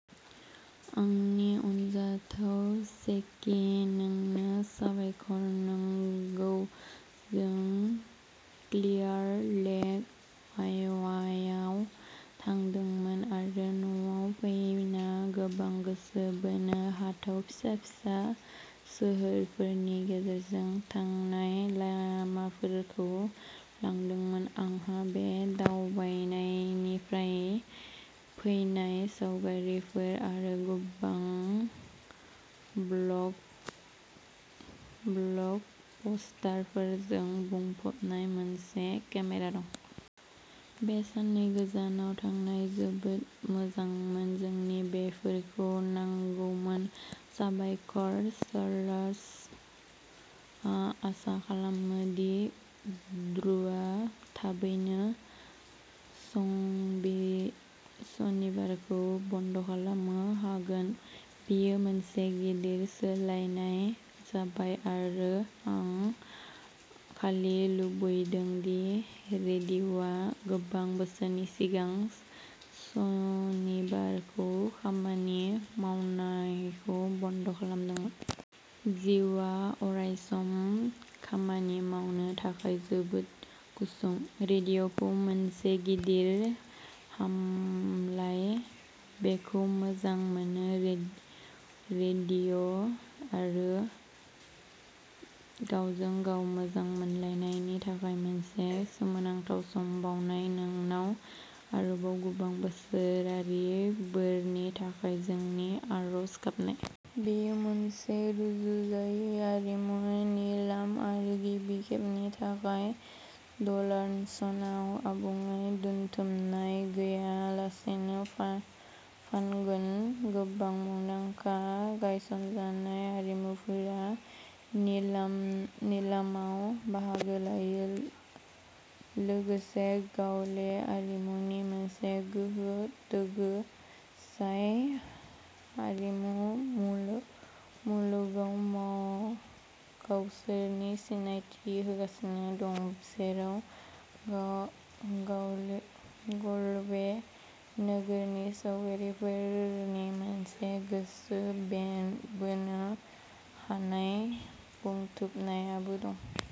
आंनि अनजाथाव जेकी, नोंनो साबायखर। नंगौ, जों क्लियार लेक, आय'वायाव थांदोंमोन आरो न'आव फैना गोबां गोसो बोनो हाथाव फिसा फिसा सोहोरफोरनि गेजेरजों थांनाय लामाफोरखौ लादोंमोन। आंहा बे दावबायनायनिफ्राय फैनाय सावगारिफोर आरो गोबां ब्लग पस्टफोरजों बुंफबनाय मोनसे केमेरा दं। बे साननै गोजानाव थानाया जोबोद मोजांमोन। जोंनो बेफोरखौ नांगौमोन। साबायखर, चार्ली। आं आसा खालामो दि ड्रुआ थाबैनो सनिबारखौ बन्द'खालामनो हागोन। बेयो मोनसे गिदिर सोलायनाय जाबाय आरो आं खालि लुबैदों दि रेन्डिआ गोबां बोसोर सिगां सनिबारखौ खामानि मावनायखौ बन्द'खालामदोंमोन। जिउआ अरायसम खामानि मावनो थाखाय जोबोद गुसुं। रेन्डिखौ मोनसे गिदिर हामलाय!!! बेखौ मोजां मोनो। रेन्डि आरो गावजों गाव मोजां मोनलायनायनि थाखाय मोनसे सोमोनांथाव मान बाउनाय। नोंनाव आरोबाव गोबां बोसोरारि बोरनि थाखाय जोंनि आरज गाबनाय। बेयो मोनसे रुजुजायै आरिमु निलाम, आरो गिबि खेबनि थाखाय, ड'लान्सआ आबुङै दोनथुमनाय गैयालासेनो फान्गोन। गोबां मुंदांखा गायसनजानाय आरिमुगिरिफोरा निलामाव बाहागो लायो, लोगोसे गालवे आरिमुनि मोनसे होंगो दोंगो, जाय आरिमु मुलुगाव गावसोरनि सिनायथि होगासिनो दं, जेराव गालवे नोगोरनि सावगारिफोरनि मोनसे गोसो बोनो हानाय बुथुमनायबो दं।